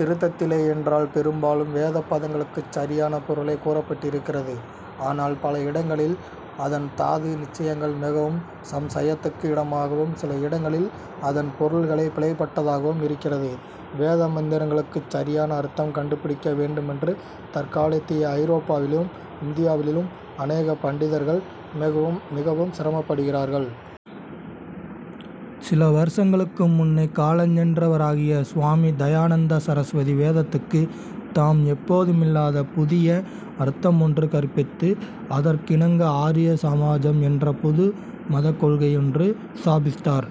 நிருத்தத்திலே என்றால் பெரும்பாலும் வேதப் பதங்களுக்குச் சரியான பொருளே கூறப்பட்டிருக்கிறது. ஆனால், பல இடங்களில் அதன் தாது நிச்சயங்கள் மிகவும் சம்சயத்துக்கு இடமாகவும் சில இடங்களில் அதன் பொருள்களே பிழைபட்டதாகவும் இருக்கிறது. வேத மந்திரங்களுக்குச் சரியான அர்த்தம் கண்டுபிடிக்க மெகவும் மிகவும் சிரமப்படுகிறார்கள். சில வருஷங்களுக்கு முன்னே காலஞ்சென்ற வராகிய சுவாமி தயாநந்த சரஸ்வதி வேதத்துக்கு தாம் எப்போதுமில்லாத புதிய அர்த்தமொன்று கற்பித்து அதற்கிணங்க ஆரிய சாமஜம்' என்ற புது மதக் கொள்கையொன்று ஸ்தாபித்தார்.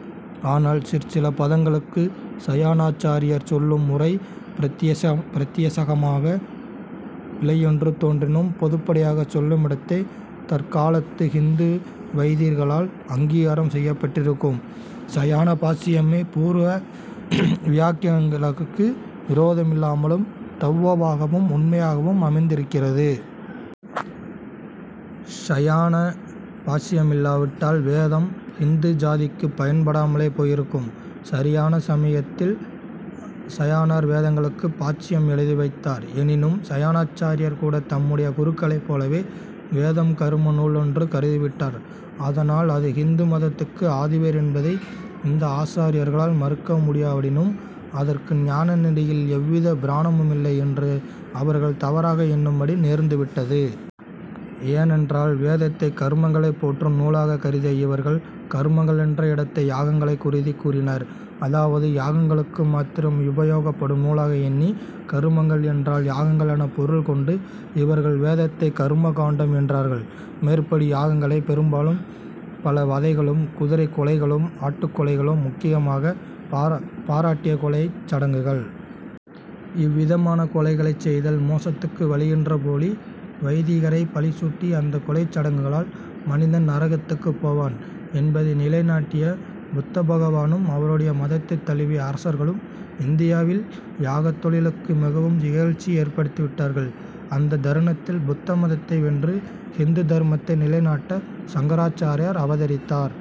ஆனால், சிற்சில பதங்களுக்கு சாயணாசாரியர் சொல்லும் உரை பிரத்தியக்ஷ பிரத்தியக்ஷமாகப் பிழையென்று தோன்றினும், பொதுப்படையாகச் சொல்லுமிடத்தே தற்காலத்து ஹிந்து வைதிகர்களால் அங்கீகாரம் செய்யப்பட்டிருக்கும் சாயணபாஷ்யமே பூர்வ வியாக்கியானங்களுக்கு விரோதமில்லாமலும், தௌஒவாகவும், உண்மையாகவும் அமைந்திருக்கிறது. சயாண பாஷ்யமில்லாவிட்டால், வேதம் ஹிந்து ஜாதிக்குப் பயன்படாமலே போயிருக்கும். சரியான சமயத்தில் சயாணர் வேதங்களுக்கு பாஷ்யம் எழுதி வைத்தார். எனினும், சயாணாச்சாரியர் கூடத் தம்முடைய குருக்களைப் போலவே வேதம் கர்ம நூலென்று கருதிவிட்டார். அதனால் அது ஹிந்து மதத்துக்கு ஆதிவேர் என்பதை இந்த ஆசாரியர்களால் மறுக்க முடியாவிடினும், அதற்கு ஞானநெறியில் எவ்விதப் பிரமாணமுமில்லை யென்று அவர்கள் தவறாக எண்ணும்படி நேர்ந்து விட்டது. ஏனென்றால், வேதத்தைக் கர்மங்களைப் போற்றும் நூலாகக் குருதிய இவர்கள் கர்மங்களென்ற இடத்தே யாகங்களைக் கருதிக் கூறினர். அதாவது, யாகங்களுக்கு மாத்திரம் உபயோகப்படும் நூலாக எண்ணி, கர்மங்கள் என்றால் யாகங்களெனப் பொருள் கொண்டு இவர்கள் வேதத்தைக் கர்ம காண்டம் என்றார்கள். மேற்படி யாகங்களே பெரும்பாலும் பல வதைகளும், குதிரைக் கொலைகளும், ஆட்டுக் கொலைகளும் முக்கியமாகப் பாராட் பாராட்டிய கொலைச் சடங்குகள். இவ்விதமான கொலைகளைச் செய்தல் மோக்ஷத்துக்கு வழியென்ற போலி வைதிகரைப் பழிசூட்டி, அந்தக் கொலைச் சடங்குளால் மனிதன் நரகத்துக்குப் போவான் என்பதை நிலை நாட்டிய புத்த பகவானும், அவருடைய மதத்தைத் தழுவிய அரசர்களும் இந்தியாவில் யாகத் தொழிலுக்கு மிகவும் இகழ்ச்சி ஏற்படுத்திவிட்டார்கள். அந்தத் தருணத்தில் புத்த மதத்தை வென்று ஹிந்து தர்மத்தை நிலை நாட்ட சங்கராசாரியர் அவதரித்தார்.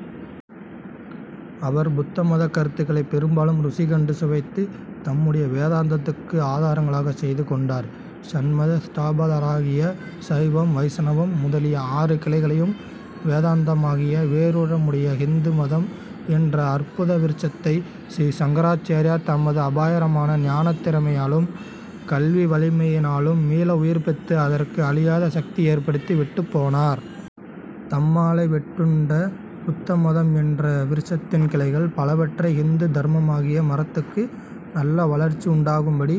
அவர் புத்தமதக் கருத்துக்களைப் பெரும்பாலும் ருசி கண்டு சுவைத்துத் தம்முடைய வேதாந்தத்துக்கு ஆதாரங்களாகச் செய்து கொண்டார். ஷண்மத ஸ்தாபகராகிய, சைவம், வைஷ்ணவம் முதலிய ஆறு கிளைகளையும் வேதாந்தமாகிய வேரையுமுடைய ஹிந்து மதம் என்ற அற்புத விருட்சத்தை ஸ்ரீ சங்கராச்சாரியார் தமது அபாரமான ஞானத் திறமையாலும் கல்வி வலிமையினாலும் மீள உயிர்ப்பித்து அதற்கு அழியாத சக்தி ஏற்படுத்தி விட்டுப் போனார். தம்மாலே வெட்டுண்ட புத்த மதம் என்ற விருக்ஷத்தின் கிளைகள் பலவற்றை ஹிந்து தர்மமாகிய மரத்துக்கு நல்ல வளர்ச்சி உண்டாகும்படி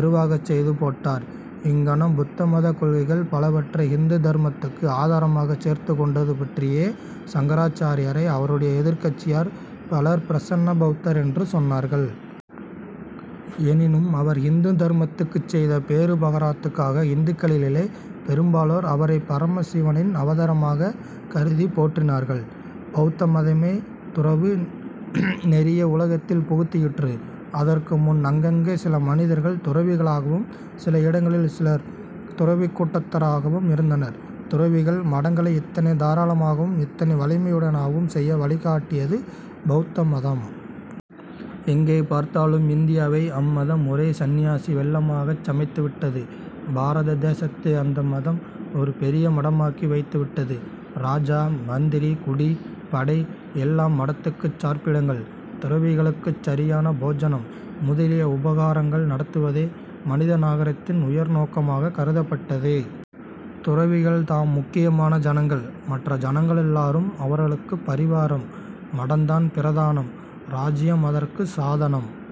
எருவாகச் செய்து போட்டார். இங்ஙனம் புத்த மதக் கொள்கைகள் பலவற்றை ஹிந்து தர்மத்துக்கு ஆதரமாகச் சேர்த்துக்கொண்டது பற்றியே, சங்கராச்சாரியாரை அவருடைய எதிர்க்கட்சியார் பலர் 'பிரசன்ன பௌத்தர்' என்று சொன்னார்கள். எனினும் அவர் ஹிந்து தர்மத்துக்குச் செய்த பேருபகாரத்துக்காக ஹிந்துக்களிலே பெரும்பாலோர் அவரைப் பரமசிவனின் அவதாரமாகக் கருதிப் போற்றினார்கள். பௌத்த மதமே துறவு நெறியை உலகத்தில் புகுத்திற்று. அதற்கு முன் அங்கங்கே சில மனிதர் துறவிகளாகவும் சில இடங்களில் சிலர் துறவிக் கூட்டத்தவராகவும் இருந்தனர். துறவிகள் மடங்களை இத்தனை தாராளமாகவும் இத்தனை வலிமையுடையனவாகவும் செய்ய வழி காட்டியது பௌத்த மதம். எங்கே பார்த்தாலும் இந்தியாவை அம்மதம் ஒரே சந்நியாசி வெள்ளமாகச் சமைத்துவிட்டது. பாரத தேசத்தை அந்த மதம் ஒரு பெரிய மடமாக்கி வைத்துவிட்டது. ராஜா, மந்திரி, குடி, படை எல்லாம் மடத்துக்குச் சார்பிடங்கள். துறவிகளுக்குச் சரியான போஜனம் முதலிய உபகாரங்கள் நடத்துவதே மனித நாகரிகத்தின் உயர் நோக்கமாக கருதப்பட்டது. துறவிகள் தாம் முக்கியமான ஜனங்கள்! மற்ற ஜனங்களெல்லாரும் அவர்களுக்குப் பரிவாரம்! மடந்தான் பிரதானம். ராஜ்யம் அதற்குச் சாதனம்.